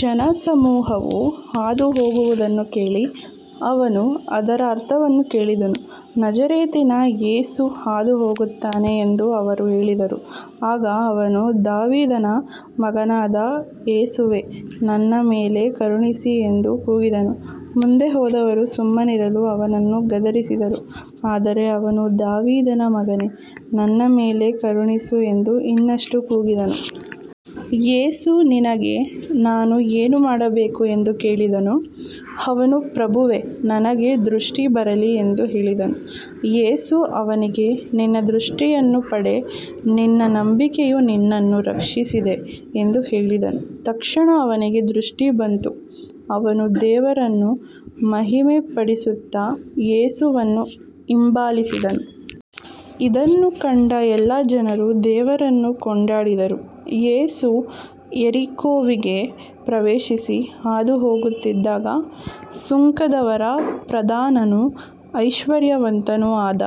ಜನಸಮೂಹವು ಹಾದುಹೋಗುವುದನ್ನು ಕೇಳಿ ಅವನು ಅದರ ಅರ್ಥವನ್ನು ಕೇಳಿದನು. ನಜರೇತಿನ ಯೇಸು ಹಾದುಹೋಗುತ್ತಾನೆ ಎಂದು ಅವರು ಹೇಳಿದರು. ಆಗ ಅವನು ದಾವೀದನ ಮಗನಾದ ಯೇಸುವೇ, ನನ್ನ ಮೇಲೆ ಕರುಣಿಸು ಎಂದು ಕೂಗಿದನು. ಮುಂದೆ ಹೋದವರು ಸುಮ್ಮನಿರಲು ಅವನನ್ನು ಗದರಿಸಿದರು, ಆದರೆ ಅವನು ದಾವೀದನ ಮಗನೇ, ನನ್ನ ಮೇಲೆ ಕರುಣಿಸು ಎಂದು ಇನ್ನಷ್ಟು ಕೂಗಿದನು. ಯೇಸು ನಿನಗೆ ನಾನು ಏನು ಮಾಡಬೇಕು ಎಂದು ಕೇಳಿದನು. ಅವನು ಪ್ರಭುವೇ, ನನಗೆ ದೃಷ್ಟಿ ಬರಲಿ ಎಂದು ಹೇಳಿದನು. ಯೇಸು ಅವನಿಗೆ, ನಿನ್ನ ದೃಷ್ಟಿಯನ್ನು ಪಡೆ, ನಿನ್ನ ನಂಬಿಕೆಯು ನಿನ್ನನ್ನು ರಕ್ಷಿಸಿದೆ ಎಂದು ಹೇಳಿದನು. ತಕ್ಷಣ ಅವನಿಗೆ ದೃಷ್ಟಿ ಬಂತು, ಅವನು ದೇವರನ್ನು ಮಹಿಮೆಪಡಿಸುತ್ತಾ ಯೇಸುವನ್ನು ಹಿಂಬಾಲಿಸಿದನು. ಇದನ್ನು ಕಂಡ ಎಲ್ಲ ಜನರು ದೇವರನ್ನು ಕೊಂಡಾಡಿದರು. ಯೇಸು ಯೆರಿಕೋವಿಗೆ ಪ್ರವೇಶಿಸಿ ಹಾದುಹೋಗುತ್ತಿದ್ದಾಗ, ಸುಂಕದವರ ಪ್ರಧಾನನೂ ಐಶ್ವರ್ಯವಂತನೂ ಆದ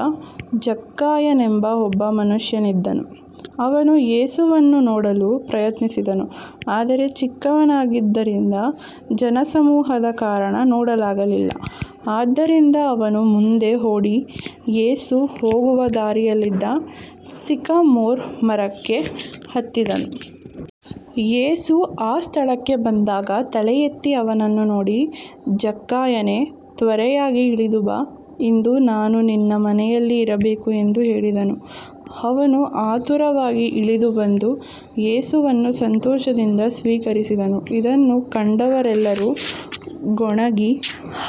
ಜಕ್ಕಾಯನೆಂಬ ಒಬ್ಬ ಮನುಷ್ಯನಿದ್ದನು. ಅವನು ಯೇಸುವನ್ನು ನೋಡಲು ಪ್ರಯತ್ನಿಸಿದನು, ಆದರೆ ಚಿಕ್ಕವನಾಗಿದ್ದರಿಂದ ಜನಸಮೂಹದ ಕಾರಣ ನೋಡಲಾಗಲಿಲ್ಲ. ಆದ್ದರಿಂದ ಅವನು ಮುಂದೆ ಓಡಿ, ಯೇಸು ಹೋಗುವ ದಾರಿಯಲ್ಲಿದ್ದ ಸಿಕಮೋರ್ ಮರಕ್ಕೆ ಹತ್ತಿದನು. ಯೇಸು ಆ ಸ್ಥಳಕ್ಕೆ ಬಂದಾಗ ತಲೆಯೆತ್ತಿ ಅವನನ್ನು ನೋಡಿ, ಜಕ್ಕಾಯನೇ, ತ್ವರೆಯಾಗಿ ಇಳಿದು ಬಾ, ಇಂದು ನಾನು ನಿನ್ನ ಮನೆಯಲ್ಲಿ ಇರಬೇಕು ಎಂದು ಹೇಳಿದನು. ಅವನು ಆತುರವಾಗಿ ಇಳಿದು ಬಂದು ಯೇಸುವನ್ನು ಸಂತೋಷದಿಂದ ಸ್ವೀಕರಿಸಿದನು. ಇದನ್ನು ಕಂಡವರೆಲ್ಲರೂ ಗೊಣಗಿ,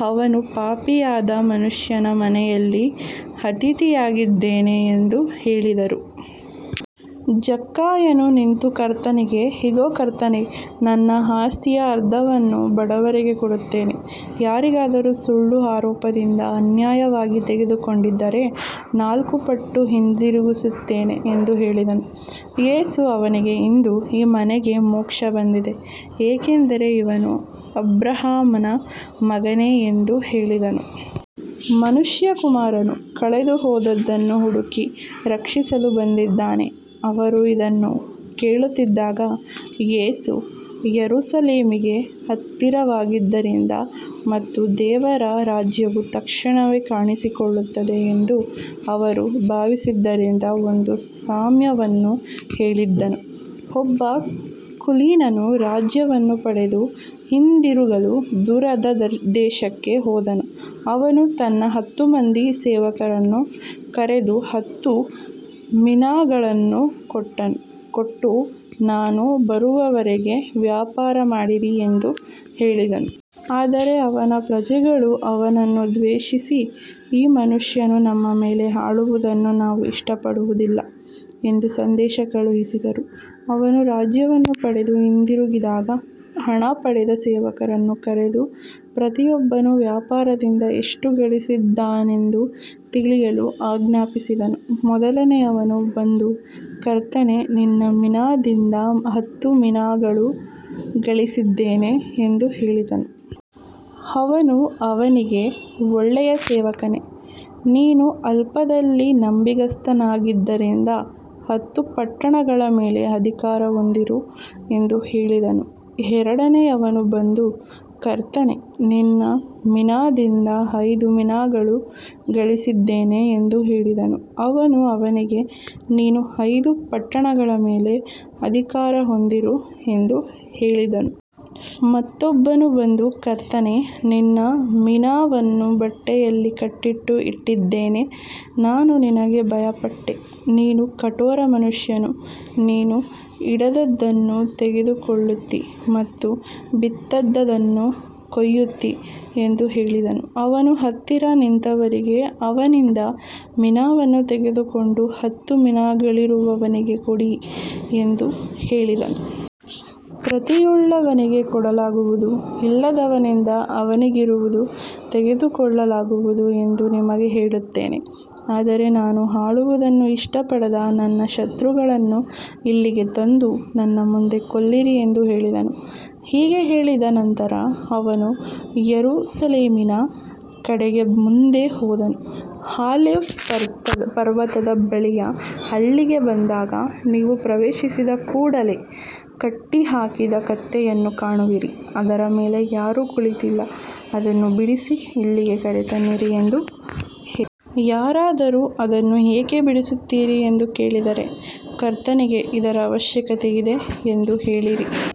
ಅವನು ಪಾಪಿಯಾದ ಮನುಷ್ಯನ ಮನೆಯಲ್ಲಿ ಅತಿಥಿಯಾಗಿದ್ದಾನೆ ಎಂದು ಹೇಳಿದರು. ಜಕ್ಕಾಯನು ನಿಂತು ಕರ್ತನಿಗೆ, ಇಗೋ ಕರ್ತನೇ, ನನ್ನ ಆಸ್ತಿಯ ಅರ್ಧವನ್ನು ಬಡವರಿಗೆ ಕೊಡುತ್ತೇನೆ. ಯಾರಿಗಾದರೂ ಸುಳ್ಳು ಆರೋಪದಿಂದ ಅನ್ಯಾಯವಾಗಿ ತೆಗೆದುಕೊಂಡಿದ್ದರೆ ನಾಲ್ಕು ಪಟ್ಟು ಹಿಂದಿರುಗಿಸುತ್ತೇನೆ ಎಂದು ಹೇಳಿದನು. ಯೇಸು ಅವನಿಗೆ, ಇಂದು ಈ ಮನೆಗೆ ಮೋಕ್ಷ ಬಂದಿದೆ, ಏಕೆಂದರೆ ಇವನೂ ಅಬ್ರಹಾಮನ ಮಗನೇ ಎಂದು ಹೇಳಿದನು. ಮನುಷ್ಯಕುಮಾರನು ಕಳೆದುಹೋದದ್ದನ್ನು ಹುಡುಕಿ ರಕ್ಷಿಸಲು ಬಂದಿದ್ದಾನೆ. ಅವರು ಇದನ್ನು ಕೇಳುತ್ತಿದ್ದಾಗ, ಯೇಸು ಯೆರೂಸಲೇಮಿಗೆ ಹತ್ತಿರವಾಗಿದ್ದರಿಂದ ಮತ್ತು ದೇವರ ರಾಜ್ಯವು ತಕ್ಷಣವೇ ಕಾಣಿಸಿಕೊಳ್ಳುತ್ತದೆ ಎಂದು ಅವರು ಭಾವಿಸಿದ್ದರಿಂದ ಒಂದು ಸಾಮ್ಯವನ್ನು ಹೇಳಿದನು. ಒಬ್ಬ ಕುಲೀನನು ರಾಜ್ಯವನ್ನು ಪಡೆದು ಹಿಂದಿರುಗಲು ದೂರದ ದೇಶಕ್ಕೆ ಹೋದನು. ಅವನು ತನ್ನ ಹತ್ತು ಮಂದಿ ಸೇವಕರನ್ನು ಕರೆದು ಹತ್ತು ಮಿನಾಗಳನ್ನು ಕೊಟ್ಟು, ನಾನು ಬರುವವರೆಗೆ ವ್ಯಾಪಾರ ಮಾಡಿರಿ ಎಂದು ಹೇಳಿದನು. ಆದರೆ ಅವನ ಪ್ರಜೆಗಳು ಅವನನ್ನು ದ್ವೇಷಿಸಿ, ಈ ಮನುಷ್ಯನು ನಮ್ಮ ಮೇಲೆ ಆಳುವುದನ್ನು ನಾವು ಇಷ್ಟಪಡುವುದಿಲ್ಲ ಎಂದು ಸಂದೇಶ ಕಳುಹಿಸಿದರು. ಅವನು ರಾಜ್ಯವನ್ನು ಪಡೆದು ಹಿಂದಿರುಗಿದಾಗ, ಹಣ ಪಡೆದ ಸೇವಕರನ್ನು ಕರೆದು ಪ್ರತಿಯೊಬ್ಬನು ವ್ಯಾಪಾರದಿಂದ ಎಷ್ಟು ಗಳಿಸಿದ್ದಾನೆಂದು ತಿಳಿಯಲು ಆಜ್ಞಾಪಿಸಿದನು. ಮೊದಲನೆಯವನು ಬಂದು, ಕರ್ತನೇ, ನಿನ್ನ ಮಿನಾದಿಂದ ಹತ್ತು ಮಿನಾಗಳು ಗಳಿಸಿದ್ದೇನೆ ಎಂದು ಹೇಳಿದನು. ಅವನು ಅವನಿಗೆ, ಒಳ್ಳೆಯ ಸೇವಕನೇ, ನೀನು ಅಲ್ಪದಲ್ಲಿ ನಂಬಿಗಸ್ತನಾಗಿದ್ದರಿಂದ ಹತ್ತು ಪಟ್ಟಣಗಳ ಮೇಲೆ ಅಧಿಕಾರ ಹೊಂದಿರು ಎಂದು ಹೇಳಿದನು. ಎರಡನೆಯವನು ಬಂದು, ಕರ್ತನೇ, ನಿನ್ನ ಮಿನಾದಿಂದ ಐದು ಮಿನಾಗಳು ಗಳಿಸಿದ್ದೇನೆ ಎಂದು ಹೇಳಿದನು. ಅವನು ಅವನಿಗೆ, ನೀನು ಐದು ಪಟ್ಟಣಗಳ ಮೇಲೆ ಅಧಿಕಾರ ಹೊಂದಿರು ಎಂದು ಹೇಳಿದನು. ಮತ್ತೊಬ್ಬನು ಬಂದು, ಕರ್ತನೇ, ನಿನ್ನ ಮಿನಾವನ್ನು ಬಟ್ಟೆಯಲ್ಲಿ ಕಟ್ಟಿಟ್ಟು ಇಟ್ಟಿದ್ದೇನೆ. ನಾನು ನಿನಗೆ ಭಯಪಟ್ಟೆ, ನೀನು ಕಠೋರ ಮನುಷ್ಯನು, ನೀನು ಇಡದದ್ದನ್ನು ತೆಗೆದುಕೊಳ್ಳುತ್ತೀ ಮತ್ತು ಬಿತ್ತದದ್ದನ್ನು ಕೊಯ್ಯುತ್ತೀ ಎಂದು ಹೇಳಿದನು. ಅವನು ಹತ್ತಿರ ನಿಂತವರಿಗೆ, ಅವನಿಂದ ಮಿನಾವನ್ನು ತೆಗೆದುಕೊಂಡು ಹತ್ತು ಮಿನಾಗಳಿರುವವನಿಗೆ ಕೊಡಿ ಎಂದು ಹೇಳಿದನು. ಪ್ರತಿಯುಳ್ಳವನಿಗೆ ಕೊಡಲಾಗುವುದು, ಇಲ್ಲದವನಿಂದ ಅವನಿಗಿರುವುದೂ ತೆಗೆದುಕೊಳ್ಳಲಾಗುವುದು ಎಂದು ನಿಮಗೆ ಹೇಳುತ್ತೇನೆ. ಆದರೆ ನಾನು ಆಳುವುದನ್ನು ಇಷ್ಟಪಡದ ನನ್ನ ಶತ್ರುಗಳನ್ನು ಇಲ್ಲಿಗೆ ತಂದು ನನ್ನ ಮುಂದೆ ಕೊಲ್ಲಿರಿ ಎಂದು ಹೇಳಿದನು. ಹೀಗೆ ಹೇಳಿದ ನಂತರ ಅವನು ಯೆರೂಸಲೇಮಿನ ಕಡೆಗೆ ಮುಂದೆ ಹೋದನು. ಆಲಿವ್ ಪರ್ವತದ ಬಳಿಯ ಹಳ್ಳಿಗೆ ಬಂದಾಗ, ನೀವು ಪ್ರವೇಶಿಸಿದ ಕೂಡಲೇ ಕಟ್ಟಿಹಾಕಿದ ಕತ್ತೆಯನ್ನು ಕಾಣುವಿರಿ, ಅದರ ಮೇಲೆ ಯಾರೂ ಕುಳಿತಿಲ್ಲ, ಅದನ್ನು ಬಿಡಿಸಿ ಇಲ್ಲಿಗೆ ಕರೆತನ್ನಿರಿ ಎಂದು ಹೇಳಿದನು. ಯಾರಾದರೂ, ಅದನ್ನು ಏಕೆ ಬಿಡಿಸುತ್ತೀರಿ ಎಂದು ಕೇಳಿದರೆ, ಕರ್ತನಿಗೆ ಇದರ ಅವಶ್ಯಕತೆಯಿದೆ ಎಂದು ಹೇಳಿರಿ.